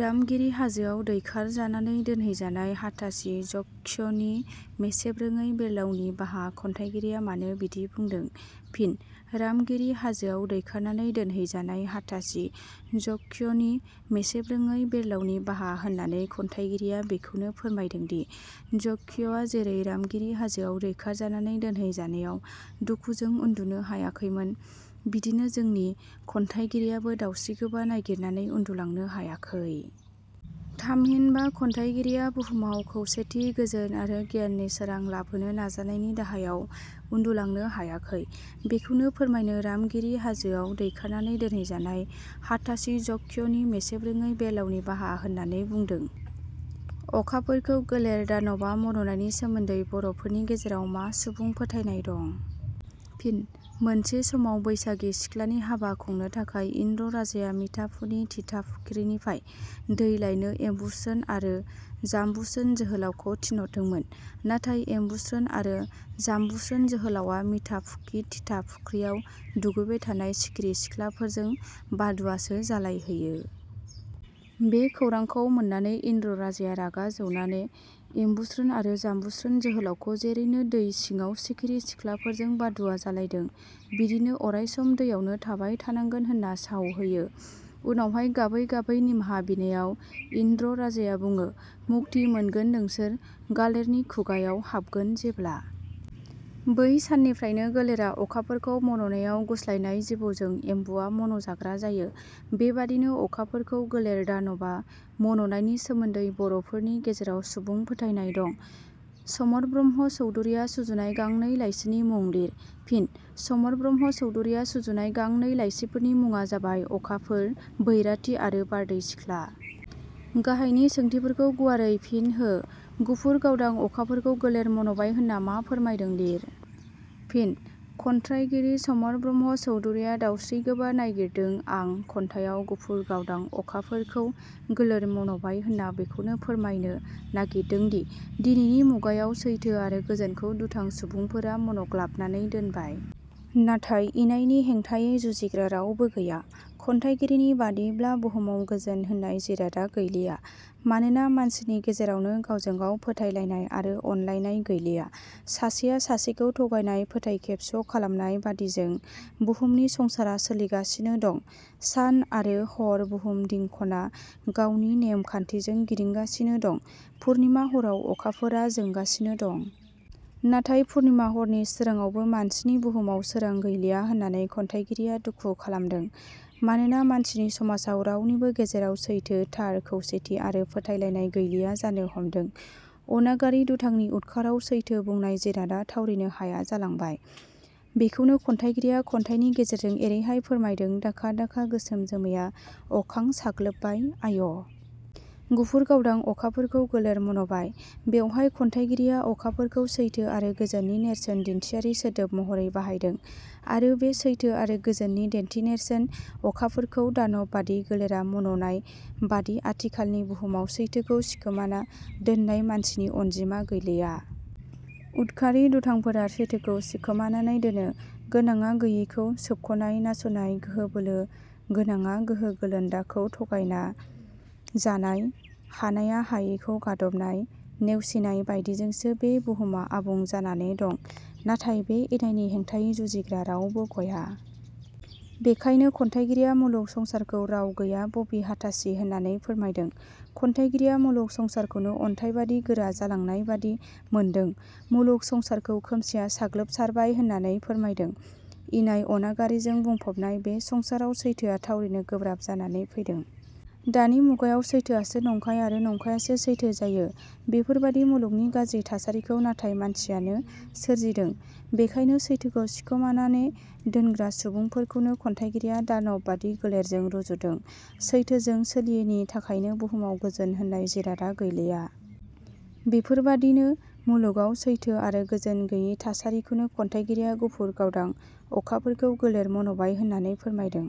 "रामगिरि हाजोआव दैखारनाननै दोनहैजानाय हाथासि जक्षनि मेसेबरोङै बेर्लावनि बाहा"- खन्थाइगिरिया मानो बिदि बुंदों? फिनः "रामगिरि हाजोआव दैखारनानै दोनहैजानाय हाथासि जक्षनि मेसेबरोडै बेर्लावनि बाहा" होननानै खन्थाइगिरिया बेखौनो फोरमायदोंदि जक्षआ जेरै रामगिरि हाजोआव दैखारजानानै दोनहैजानायाव दुखुजों उन्दुनो हायाखैमोन, बिदिनो जोंनि खन्थाइगिरियाबो दावस्रिगोबा नागिरनानै उन्दुलांनो हायाखै। थामहिनबा खन्थाइगिरिया बुहुमाव खौसेथि, गोजोन आरो गियाननि सोरां लाबोनो नाजानायनि दाहायाव उन्दुलांनो हायाखै, बेखौनो फोरमायनो "रामगिरि हाजो आव दैखारनानै दोनहैजानाय हाथासि जक्षनि मेसेबरोङ बेर्लावनि बाहा" होननानै बुंदों।.अखाफोरखौ गोलेर दानबा मन'नायनि सोमोन्दै बर 'फोरनि गेजेराव मा सुबुं फोथायनाय दं? फिन: मोनसे समाव बैसागि सिख्लानि हाबा खुंनो थाखाय इन्द्र राजाया मिथा फुनि थिथा फुख्रिनिफ्राय दै लायनो एम्बुस्रोन आरो जाम्बुसोन जोहोलावखौ थिनहरदोंमोन। नाथाय एम्बुस्रोन आरो जाम्बुस्रोन जोहोलावा मिथा फुखि थिथा फुख्रियाव दुगैबाय थानाय सिखिरि सिख्लाफोरजों बादुवासो जालायहैयो। बे खौरांखौ मोननानै इन्द्र राजाया रागा जौनाने एम्बुस्रोन आरो जाम्बुस्रोन जोहोलावखौ जेरैनो दै सिङाव सिखिरि सिख्लाफोरजों बादुवा जालायदों बिदिनो अरायसम दैयावनो थाबाय थानांगोन होनना साव होयो। उनावहाय गाबै गाबै निमाहा बिनायाव इन्द्र राजाया बुङो- मुक्ति मोनगोन नोंसोर गालेरनि खुगायाव हाबगोन जेब्ला। बै साननिफ्रायनो गोलेरा अखाफोरखौ मननायाव गुस्लायनाय जिबौजों एम्बुवा मन 'जाग्रा जायो। बेबादिनो अखाफोरखौ गोलेर दानबा मन 'नायनि सोमोन्दै बर 'फोरनि गेजेराव सुबुं फोथायनाय दं।. समर ब्रह्म चौधुरिया सुजुनाय गांनै लाइसिनि मुं लिर। फिनः चमर ब्रह्म चौधुरिया सुजुनाय गांनै लाइसिफोरनि मुङा जाबाय- 'अखाफोर', 'बैराथि आरो 'बारदै सिख्ला'। गाहायनि सोंथिफोरखौ गुवारै फिन होः. 'गुफुर गावदां अखाफोरखौ गोलेर मनबाय' होनना मा फोरमायदों लिर। फिनः खन्थ्राइगिरि चमर ब्रह्म चौधुरिया 'दावस्रि गोबा नागिरदों आं' खन्थाइयाव 'गुफुर गावदां अखाफोरखौ गोलेर मनबाय' होनना बेखौनो फोरमायनो नागिरदोंदि, दिनैनि मुगायाव सैथो आरो गोजोनखौ दुथां सुबुंफोरा मन'ग्लाबनानै दोनबाय। नाथाय इनायनि हेंथायै जुजिग्रा रावबो गैया। खन्थाइगिरिनि बादियैब्ला बुहुमाव गोजोन होननाय जिरादा गैलिया। मानोना मानसिनि गेजेरावनो गावजों गाव फोथायलायनाय आरो अनलायनाय गैलिया। सासेया सासेखौ थगायनाय, फोथायखेबस' खालामनाय, बादिजों बुहुमनि संसारा सोलिगासिनो दं। सान आरो हर बुहुम दिंखना गावनि नेम खान्थिजों गिदिंगासिनो दं, पुरनिमा हराव अखाफोरा जोंगासिनो दं। नाथाय पुरनिमा हरनि सोराङावबो मानसिनि बुहुमाव सोरां गैलिया होननानै खन्थाइगिरिया दुखु खालामदों। मानोना मानसिनि समाजाव रावनिबो गेजेराव सैथो, थार, खौसेथि आरो फोथायलायनाय गैलिया जानो हमदों। अनागारि दुथांनि उदखाराव सैथो बुंनाय जिरादा थावरिनो हाया जालांबाय, बेखौनो खन्थाइगिरिया खन्थाइनि गेजेरजों एरैहाय फोरमायदों- दाखा दाखा गोसोम जोमैया अखां साग्लोबबाय, आय'! गुफुर गावदां अखाफोरखौ गोलेर मन 'बाय। बेवहाय खन्थाइगिरिया अखाफोरखौ सैथो आरो गोजोननि नेरसोन दिन्थियारि सोदोब महरै बाहायदों। आरो बे सैथो आरो गोजोननि दिन्थिनेरसोन अखाफोरखौ दानब बादि गोलेरा मन 'नाय बादि आथिखालनि बुहुमाव सैथोखौ सिखमाना दोननाय मानसिनि अनजिमा गैलिया। उदखारि दुथांफोरा सैथोखौ सिखमानानै दोनो। गोनाङा गैयिखौ, सोबख 'नाय, नासयनाय, गोहो-बोलो गोनाङा गोहो गोलोन्दाखौ थगायना जानाय, हानाया हायिखौ गादबनाय, नेवसिनाय बायदिजोंसो बे बुहुमा आबुं जानाने दं। नाथाय बे इनायनि हेंथायै जुजिग्रा रावबो गया। बेखायनो खन्थाइगिरिया मुलुग संसारखौ राव गैया बबि हाथासि होननानै फोरमायदों। खन्थाइगिरिया मुलुग संसारखौनो अन्थाइबादि गोरा जालांनायबादि मोनदों। मुलुग संसारखौ खोमसिया साग्लोबसारबाय होननानै फोरमायदों। इनाय अनागारिजों बुंफबनाय बे संसाराव सैथोआ थावरिनो गोब्राब जानाने फैदों। दानि मुगायाव सैथोआसो नंखाय आरो नंखायासो सैथो जायो। बेफोर बादि मुलुगनि गाज्रि थासारिखौ नाथाय मानसियानो सोरजिदों। बेखायनो सैथोखौ सिखमानाने दोनग्रा सुबुंफोरखौनो खन्थाइगिरिया दानब बादि गोलेरजों रुजुदों। सैथोजों सोलियिनि थाखायनो बुहुमाव गोजोन होननाय जिरादा गैलिया। बेफोरबादिनो मुलुगाव सैथो आरो गोजोन गैयि थासारिखौनो खन्थाइगिरिया 'गुफुर गावदां अखाफोरखौ गोलेर मनबाय' होननानै फोरमायदों।